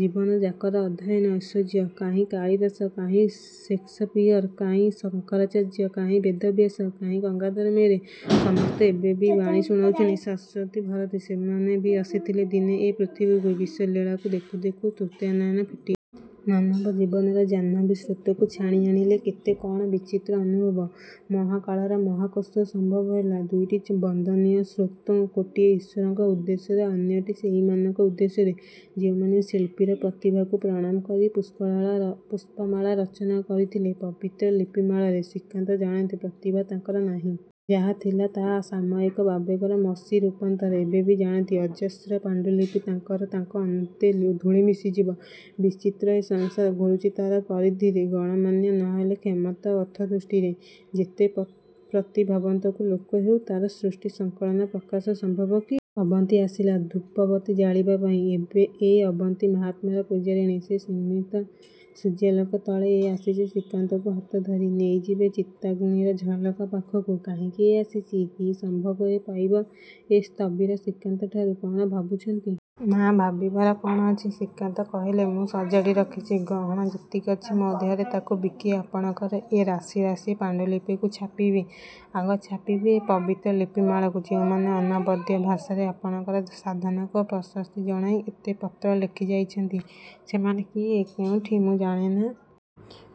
ଜୀବନଯାକର ଅଧ୍ୟୟନ ଐଶ୍ୱର୍ଯ୍ୟ। କାହିଁ କାଳିଦାସ, କାହିଁ ଶେକ୍ସପିୟର, କାହିଁ ଶଙ୍କରାଚାର୍ଯ୍ୟ, କାହିଁ ବେଦବ୍ୟାସ, କାହିଁ ଗଙ୍ଗାଧର ମେହେର… ସମସ୍ତେ ଏବେ ବି ବାଣୀ ଶୁଣାଉଛନ୍ତି। ଶାଶ୍ଵତୀ ଭାରତୀ। ସେମାନେ ବି ଆସିଥିଲେ ଦିନେ ଏ ପୃଥିବୀକୁ… ବିଶ୍ଵଲୀଳାକୁ ଦେଖୁ ଦେଖୁ ତୃତୀୟ ନୟନ ଫିଟିଗଲା। ମାନବ ଜୀବନର ଜାହ୍ନବୀ ସ୍ରୋତରୁ ଛାଣିଆଣିଲେ କେତେ କଅଣ ବିଚିତ୍ର ଅନୁଭବ। ମହାକାଳର ମହାକୋଷ ସମ୍ଭବ ହେଲା। ଦୁଇଟି ବନ୍ଦନୀୟ ସ୍ତୋତ୍ର… ଗୋଟିଏ ଈଶ୍ୱରଙ୍କ ଉଦ୍ଦେଶ୍ୟରେ ଅନ୍ୟଟି ସେହିମାନଙ୍କ ଉଦ୍ଦେଶ୍ୟରେ ଯେଉଁମାନେ ଶିଳ୍ପୀର ପ୍ରତିଭାକୁ ପ୍ରଣାମ କରି ପୁଷ୍ପମାଳା ରଚନା। କରିଥିଲେ, ପବିତ୍ର ଲିପିମାଳାରେ। ଶ୍ରୀକାନ୍ତ ଜାଣନ୍ତି, ପ୍ରତିଭା ତାଙ୍କର ନାହିଁ। ଯାହା ଥିଲା ତାହା ସାମୟିକ ଆବେଗର ମସୀ ରୂପାନ୍ତର। ଏହା ବି ଜାଣନ୍ତି, ଅଜସ୍ର ପାଣ୍ଡୁଲିପି ତାଙ୍କର ତାଙ୍କ ଅନ୍ତେ ଧୂଳିରେ ମିଶିଯିବ। ବିଚିତ୍ର ଏ ସଂସାର ଘୂରୁଛି ତାର ପରିଧିରେ। ଗଣ୍ୟମାନ୍ୟ ନହେଲେ କ୍ଷମତା ଓ ଅର୍ଥ ଦୃଷ୍ଟିରେ, ଯେତେ ପ୍ରତିଭାବନ୍ତ ଲୋକ ହେଉ, ତାର ସୃଷ୍ଟି ସଂକଳନର ପ୍ରକାଶ ସମ୍ଭବ କି? ଅବନ୍ତୀ ଆସିଲା ଧୂପବତୀ ଜାଳିବା ପାଇଁ… ଏ ଅବନ୍ତୀ ମାହାତ୍ମ୍ୟର ପୂଜାରିଣୀ। ଶେଷ ସ୍ତିମିତ ସୂର୍ଯ୍ୟାଲୋକ ତଳେ ଏ ଆସିଛି ଶ୍ରୀକାନ୍ତକୁ ହାତଧରି ନେଇଯିବେ ଚିତାଗ୍ନିର ଝଲକ ପାଖକୁ-। କାହିଁକି ଏ ଆସିଛି? କି ସମ୍ଭୋଗ ଏ ପାଇବ ଏହି ସ୍ଥବିର ଶ୍ରୀକାନ୍ତଠାରୁ? -କଅଣ ଭାବୁଛନ୍ତି? -ନା, ଭାବିବାର କଅଣ ଅଛି? ଶ୍ରୀକାନ୍ତ କହିଲେ। -ମୁଁ ସଜାଡ଼ି ରଖିଛି। ଗହଣା ଯେତିକି ଅଛି ମୋ ଦେହରେ ତାକୁ ବିକି ଆପଣଙ୍କର ଏ ରାଶି ରାଶି ପାଣ୍ଡୁଲିପିକୁ ଛାପିବି। ଆଗ ଛାପିବି ଏ ପବିତ୍ର ଲିପିମାଳାକୁ। ଯେଉଁମାନେ ଅନବଦ୍ୟ ଭାଷାରେ ଆପଣଙ୍କର ସାଧନାକୁ ପ୍ରଶସ୍ତି ଜଣାଇ ଏତେ ପତ୍ର ଲେଖିଯାଇଛନ୍ତି ସେମାନେ କିଏ, କେଉଁଠି, ମୁଁ ଜାଣେନା।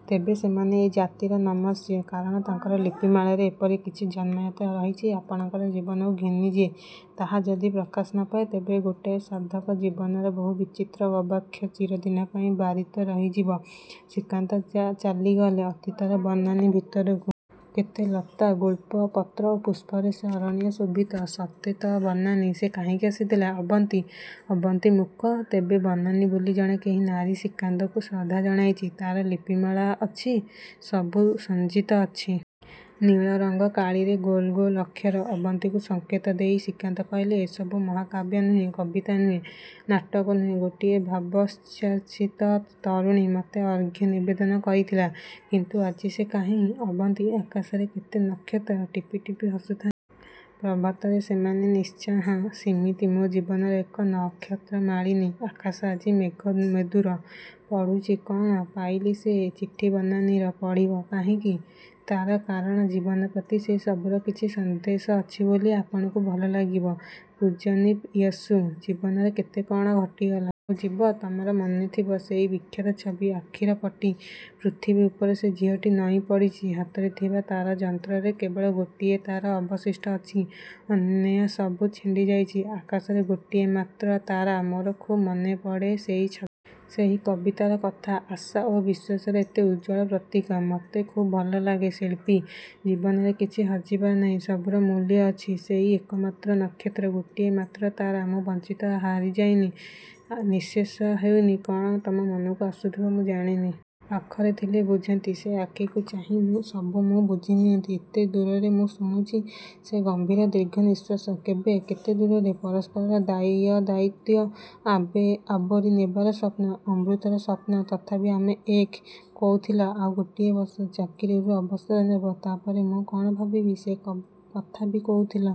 ତେବେ ସେମାନେ ଏ ଜାତିର ନମସ୍ୟ। କାରଣ ତାଙ୍କର ଲିପିମାଳାରେ ଏପରି କିଛି ଜନ୍ମୟତା ରହିଛି ଆପଣଙ୍କର ଜୀବନକୁ ଘେନି ଯେ, ତାହା ଯଦି ପ୍ରକାଶ ନପାଏ, ତେବେ ଗୋଟାଏ ସାଧକ ଜୀବନର ବହୁ ବିଚିତ୍ର ଗବାକ୍ଷ ଚିରଦିନ ପାଇଁ ବାରିତ ରହିଯିବ। ଶ୍ରୀକାନ୍ତ ଚାଲିଗଲେ ଅତୀତର ବନାନୀ ଭିତରକୁ। କେତେ ଲତା, ଗୁଳ୍ମ, ପତ୍ର ଓ ପୁଷ୍ପରେ ସେ ଅରଣ୍ୟ ଶୋଭିତ। ସତେ ତ, ବନାନୀ!! ସେ କାହିଁକି ଆସିଥିଲା। ଅବନ୍ତୀ? ଅବନ୍ତୀ ମୂକ। ତେବେ ବନାନୀ ବୋଲି ଜଣେ କେହି ନାରୀ ଶ୍ରୀକାନ୍ତଙ୍କୁ ଶ୍ରଦ୍ଧା ଜଣାଇଛି। ତାର ଲିପିମାଳା? ଅଛି, ସବୁ ସଜ୍ଜିତ ଅଛି। ନୀଳରଙ୍ଗ କାଳିରେ ଗୋଲ ଗୋଲ ଅକ୍ଷର। ଅବନ୍ତୀକୁ ସଙ୍କେତ ଦେଇ ଶ୍ରୀକାନ୍ତ କହିଲେ–ଏସବୁ ମହାକାବ୍ୟ ନୁହେଁ, କବିତା ନୁହେଁ, ନାଟକ ନୁହେଁ, ଗୋଟାଏ ଭାବୋଚ୍ଛ୍ଵାସିତ ତରୁଣୀ ମତେ ଅର୍ଘ୍ୟ ନିବେଦନ କରିଥିଲା। କିନ୍ତୁ ଆଜି ସେ କାହିଁ? ଅବନ୍ତୀ, ଆକାଶରେ କେତେ ନକ୍ଷତ୍ର। ଟିପି ଟିପି ହସୁଥାନ୍ତି। ପ୍ରଭାତରେ ସେମାନେ ନିଶ୍ଚିହ୍ନ। ସିମିତି ମୋ ଜୀବନରେ ଏ ନକ୍ଷତ୍ରମାଳିନୀ ଆକାଶ ଆଜି ମେଘମେଦୁର। -ପଢ଼ୁଛି… -କଅଣ? -ପାଇଲି, ସେ ଚିଠି-ବନାନୀର… -ପଢ଼ିବ? କାହିଁକି? ତାର କାରଣ ଜୀବନ ପ୍ରତି ସେସବୁର କିଛି ସନ୍ଦେଶ ଅଛି ବୋଲି ଆପଣଙ୍କୁ ଭଲଲାଗିବ-। "ପୂଜନୀୟେଷୁ! ଜୀବନରେ କେତେ କଅଣ ଘଟିଗଲା। ଆଉ ଯିବ। ତମର ମନେଥିବ ସେହି ବିଖ୍ୟାତ ଛବି। ଆଖିରେ ପଟି। ପୃଥିବୀ ଉପରେ ସେ ଝିଅଟି ନଇଁପଡ଼ିଛି। ହାତରେ ଥିବା ତାରଯନ୍ତ୍ରରେ କେବଳ ଗୋଟିଏ ତାର ଅବଶିଷ୍ଟ ଅଛି; ଅନ୍ୟସବୁ ଛିଣ୍ଡିଯାଇଛି। ଆକାଶରେ ଗୋଟିଏ ମାତ୍ର ତାରା। ମୋର ଖୁବ୍ ମନେପଡ଼େ ସେଇ ଛବି। ସେଇ କବିତାର କଥା-। ଆଶା ଓ ବିଶ୍ଵାସର ଏତେ ଉଜ୍ଜ୍ୱଳ ପ୍ରତୀକ। ମତେ ଖୁବ୍ ଭଲଲାଗେ ଶିଳ୍ପୀ! ଜୀବନରେ କିଛି ହଜିବାର ନାହିଁ। 'ସବୁ'ର ମୂଲ୍ୟ ଅଛି। ସେଇ ଏକମାତ୍ର ନକ୍ଷତ୍ର, ଗୋଟିଏ ମାତ୍ର ତାରା। ମୁଁ ବଞ୍ଚିଛି, ହାରିଯାଇନି, ନିଃଶେଷ ହୋଇନି। କଅଣ ତମ ମନକୁ ଆସୁଥିବ ମୁଁ ଜାଣେନି। ପାଖରେ ଥିଲେ ବୁଝନ୍ତି। ସେ ଆଖିକୁ ଚାହିଁ ସବୁ ମୁଁ ବୁଝିନିଅନ୍ତି। ଏତେ ଦୂରରେ ମୁଁ ଶୁଣୁଛି ସେ ଗଭୀର ଦୀର୍ଘନିଶ୍ୱାସ। କେବେ? କେତେ ଦୂରରେ? ପରସ୍ପରର ଦାୟଦାୟିତ୍ଵ ଆବୋରିନେବାର ସ୍ୱପ୍ନ। ଅମୃତର ସ୍ୱପ୍ନ ତଥାପି ଆମେ ଏକ। କହୁଥିଲ, ଆଉ ଗୋଟିଏ ବର୍ଷ। ଚାକିରିରୁ ଅବସର ନେବ। ତା' ପରେ ମୁଁ କଅଣ ଭାବିବି ସେ କଥା ବି କହୁଥିଲ।